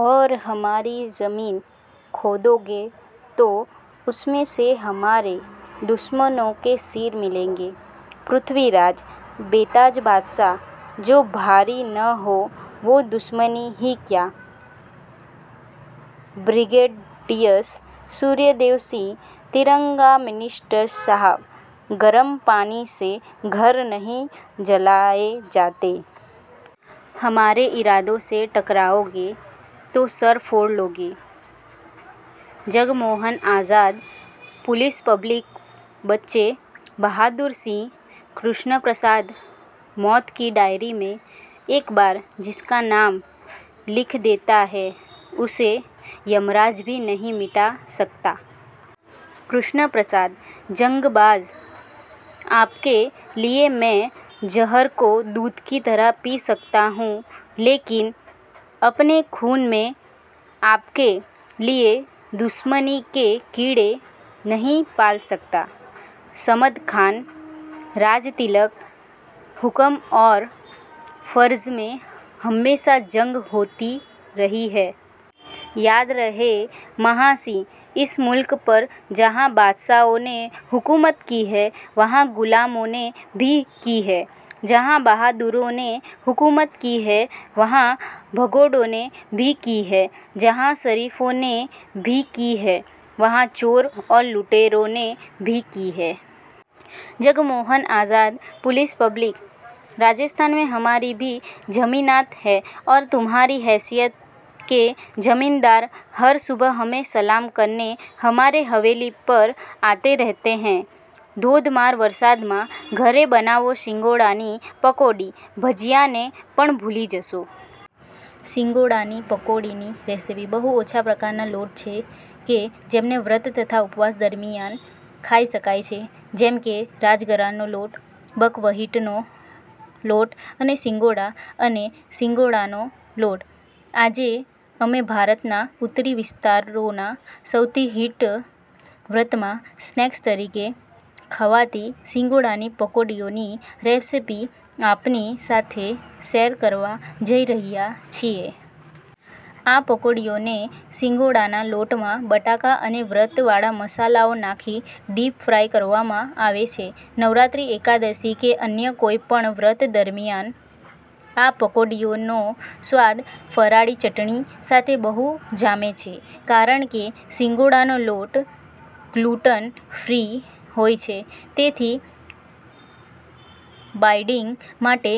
ઔર હમારી ઝમીન ખોદોગે તો ઉસમેં સે હમારે દુશ્મનો કે સિર મિલેંગે. પૃથ્વીરાજ, બેતાજ બાદશાહ જો ભારી ન હો, વો દુશ્મની હી ક્યા. બ્રિગેડિયસ સૂર્યદેવસિંહ, તિરંગા મિનિસ્ટર સાહબ, ગરમ પાની સે ઘર નહીં જલાએ જાતે. હમારે ઇરાદો સે ટકરાઓગે તો સર ફોડ લોગે. જગમોહન આઝાદ, પુલિસ પબ્લિક બચ્ચે બહાદુર સિંહ, કૃષ્ણ પ્રસાદ મૌત કી ડાયરી મેં એક બાર જિસકા નામ લિખ દેતા હૈ, ઉસે યમરાજ ભી નહીં મિટા સકતા. કૃષ્ણ પ્રસાદ, જંગ બાઝ આપકે લિએ મેં ઝહર કો દૂધ કી તરહ પી સકતા હૂં, લેકિન અપને ખૂન મેં આપકે લિએ દુશ્મની કે કીડે નહીં પાલ સકતા. સમદ ખાન, રાજ તિલક હુકમ ઔર ફર્ઝ મેં હમેશા જંગ હોતી રહી હૈ. યાદ રહે મહા સિંહ, ઇસ મુલ્ક પર જહાં બાદશાહોને હુકુમત કી હૈ વહાં ગુલામોને ભી કી હૈ. જહાં બહદુરોને હુકુમત કી હૈ વહાં ભગૌડોને ભી કી હૈ. જહાં શરીફો ને ભી કી હૈ વહાં ચોર ઔર લુટેરોને ભી કી હૈ. જગમોહન આઝાદ, પુલિસ પબ્લિક રાજસ્થાન મેં હમારી ભી ઝમીનાત હૈ ઔર તુમ્હારી હૈસિયત કે ઝમીનદાર હર સુબહ હમે સલામ કરને, હમારી હવેલી પર આતે રહેતે હૈ. ધોધમાર વરસાદમાં ઘરે બનાવો સિંગોડાની પકોડી. ભજીયાને પણ ભૂલી જશો. સિંગોડાની પકોડીની રેસિપી: બહુ ઓછા પ્રકારનાં લોટ છે કે જેમને વ્રત તથા ઉપવાસ દરમિયાન ખાઈ શકાય છે. જેમ કે રાજગરાનો લોટ, બકવ્હીટનો લોટ અને સિંગોડા અને સિંગોડાનો લોટ. આજે અમે ભારતનાં ઉત્તરી વિસ્તારોનાં સૌથી હિટ વ્રતમાં સ્નૅક્સ તરીકે ખવાતી સિંગોડાની પકોડીઓની રેસિપી આપની સાથે શૅર કરવા જઈ રહ્યાં છીએ. આ પકોડીઓને સિંગોડાનાં લોટમાં બટાકા અને વ્રત વાળા મસાલાઓ નાંખી ડીપ ફ્રાય કરવામાં આવે છે. નવરાત્રિ, એકાદશી કે અન્ય કોઈ પણ વ્રત દરમિયાન આ પકોડીઓનો સ્વાદ ફરાળી ચટણી સાથે બહુ જામે છે. કારણ કે સિંગોડાનો લોટ ગ્લૂટન ફ્રી હોય છે, તેથી બાઇડિંગ માટે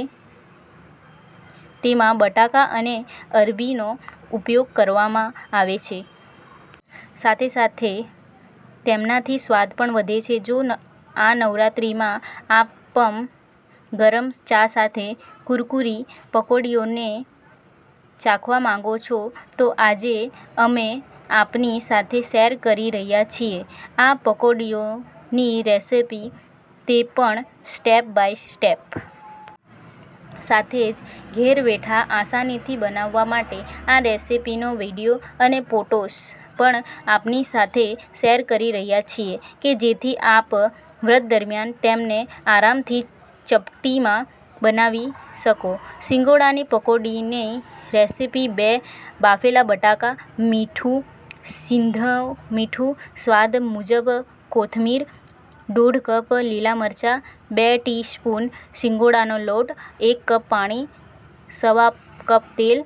તેમાં બટાકા અને અરબી નો ઉપયોગ કરવામાં આવે છે. સાથે-સાથે તેમનાંથી સ્વાદ પણ વધે છે. જો આ નવરાત્રિમાં આપ પમ ગરમ ચા સાથે કુરકુરી પકોડીઓને ચાખવા માંગો છો, તો આજે અમે આપની સાથે શૅર કરી રહ્યા છીએ આ પકોડીઓની રેસિપી, તે પણ સ્ટેપ બાય સ્ટેપ. સાથે જ ઘેર બેઠા આસાનીથી બનાવવા માટે આ રેસિપીનો વીડિયો અને પોટોસ પણ આપની સાથે શૅર કરી રહ્યા છીએ કે જેથી આપ વ્રત દરમિયાન તેમને આરામથી ચપટીમાં બનાવી શકો. સિંગોડાની પકોડીની રેસિપી બે બાફેલા બટાકા, મીઠું – સિંધવ મીઠું, સ્વાદ મુજબ કોથમીર – દોઢ કપ લીલા મરચા, બે ટી સ્પૂન સિંગોડાનો લોટ, એક કપ પાણી, સવા કપ તેલ,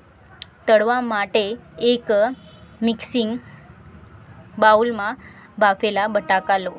તળવા માટે એક મિક્સિંગ બાઉલમાં બાફેલા બટાકા લો.